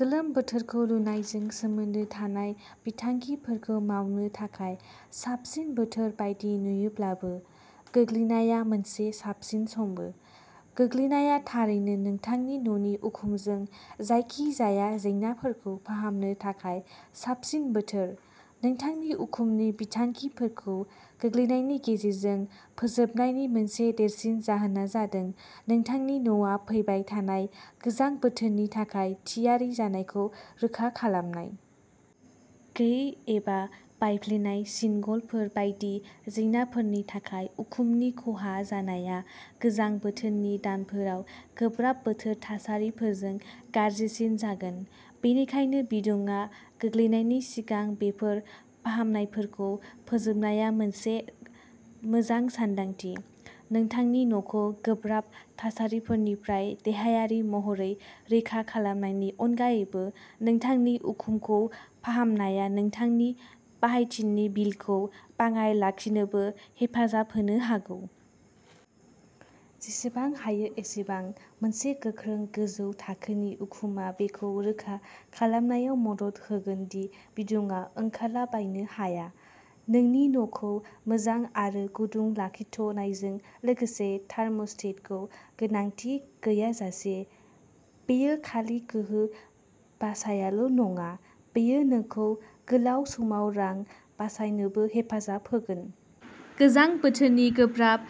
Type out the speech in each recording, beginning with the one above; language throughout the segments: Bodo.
गोलोम बोथोरखौ रुनायजों सोमोन्दो थानाय बिथांखिफोरखौ मावनो थाखाय साबसिन बोथोर बायदि नुयोब्लाबो, गोग्लैनाया मोनसे साबसिन समबो। गोग्लैनाया थारैनो नोंथांनि न'नि उखुमजों जायखिजाया जेंनाफोरखौ फाहामनो थाखाय साबसिन बोथोर। नोंथांनि उखुमनि बिथांखिफोरखौ गोग्लैनायनि गेजेरजों फोजोबनायनि मोनसे देरसिन जाहोना जादों नोंथांनि न'आ फैबाय थानाय गोजां बोथोरनि थाखाय थियारि जानायखौ रोखा खालामनाय। गैयै एबा बायफ्लेनाय सिनगलफोर बायदि जेंनाफोरनि थाखाय उखुमनि खहा जानाया गोजां बोथोरनि दानफोराव गोब्राब बोथोर थासारिफोरजों गाज्रिसिन जागोन, बेनिखायनो बिदुंआ गोग्लैनायनि सिगां बेफोर फाहामनायफोरखौ फोजोबनाया मोनसे मोजां सानदांथि। नोंथांनि न'खौ गोब्राब थासारिफोरनिफ्राय देहायारि महरै रैखा खालामनायनि अनगायैबो, नोंथांनि उखुमखौ फाहामनाया नोंथांनि बाहायथिनि बिलखौ बाङाय लाखिनोबो हेफाजाब होनो हागौ। जेसेबां हायो एसेबां। मोनसे गोख्रों, गोजौ थाखोनि उखुमआ बेखौ रोखा खालामनायाव मदद होगोन दि बिदुंआ ओंखारलाबायनो हाया, नोंनि न'खौ मोजां आरो गुदुं लाखिथ'नायजों लोगोसे थार्म'स्टेटखौ गोनांथि गैयाजासे। बेयो खालि गोहो बासायाल' नङा, बेयो नोंखौ गोलाव समाव रां बासायनोबो हेफाजाब होगोन। गोजां बोथोरनि गोब्राब,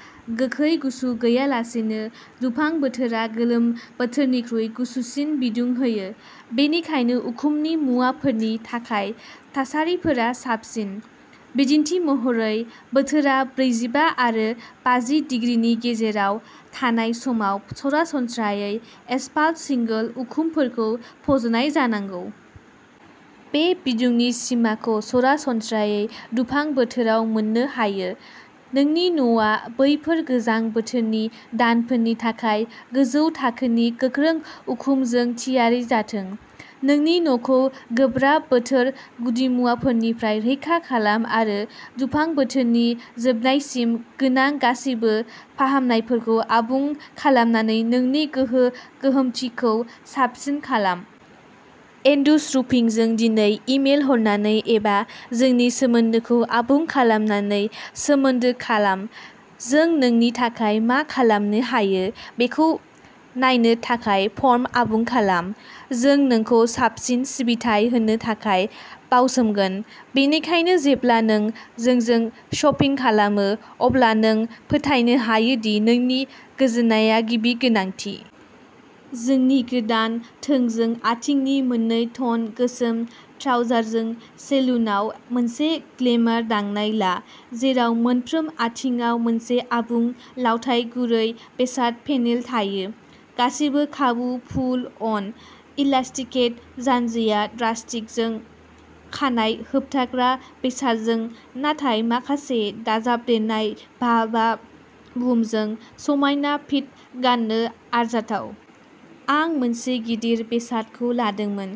गोखै गुसु गैयालासेनो दुफां बोथोरा गोलोम बोथोरनिख्रुइ गुसुसिन बिदुं होयो, बेनिखायनो उखुमनि मुवाफोरनि थाखाय थासारिफोरा साबसिन। बिदिन्थि महरै, बोथोरआ ब्रैजिबा आरो बाजि दिग्रिनि गेजेराव थानाय समाव सरासनस्रायै एसफाल्ट शिंगल उखुमफोरखौ फज'नाय जानांगौ। बे बिदुंनि सिमाखौ सरासनस्रायै दुफां बोथोराव मोननो हायो। नोंनि न'आ बैफोर गोजां बोथोरनि दानफोरनि थाखाय गोजौ थाखोनि, गोख्रों उखुमजों थियारि जाथों। नोंनि न'खौ गोब्राब बोथोर गुदिमुवाफोरनिफ्राय रैखा खालाम आरो दुफां बोथोरनि जोबनायसिम गोनां गासैबो फाहामनायफोरखौ आबुं खालामनानै नोंनि गोहो-गोहोमथिखौ साबसिन खालाम। एन्डुज रुफिंजों दिनै इमेल हरनानै एबा जोंनि सोमोन्दोखौ आबुं खालामनानै सोमोन्दो खालाम। जों नोंनि थाखाय मा खालामनो हायो बेखौ नायनो थाखाय फर्म आबुं खालाम। जों नोंखौ साबसिन सिबिथाइ होनो थाखाय बावसोमगोन। बेनिखायनो जेब्ला नों जोंजों शपिं खालामो, अब्ला नों फोथायनो हायो दि नोंनि गोजोननाया गिबि गोनांथि। जोंनि गोदान, थोंजों आथिंनि मोननै टन गोसोम ट्राउजारजों सेलुनआव मोनसे ग्लेमार दांनाय ला, जेराव मोनफ्रोम आथिंआव मोनसे आबुं लावथाइ गुरै बेसाद पेनेल थायो। गासैबो खाबु-पुल-अन, इलास्टिकेड जान्जिया ड्रास्ट्रिगजों, खानाय-होबथाग्रा बेसादजों, नाथाय माखासे दाजाबदेरनाय भा-भा-वुमजों समायना फिट, गान्नो आरजाथाव। आं मोनसे गिदिर बेसादखौ लादोंमोन,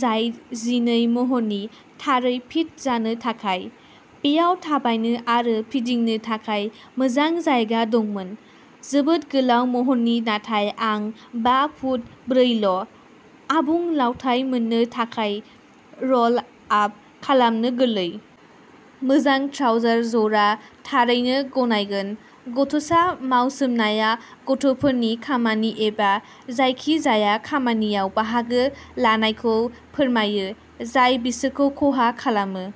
जाय जिनै महरनि, थारै फिट जानो थाखाय। बेयाव थाबायनो आरो फिदिंनो थाखाय मोजां जायगा दंमोन। जोबोद गोलाव महरनि नाथाय आं बा फुट ब्रै ल', आबुं लावथाइ मोननो थाखाय र'ल आप खालामनो गोरलै। मोजां ट्राउजार जरा, थारैनो गनायगोन। गथ'सा मावसोमनाया गथ'फोरनि खामानि एबा जायखिजाया खामानियाव बाहागो लानायखौ फोरमायो, जाय बिसोरखौ खहा खालामो।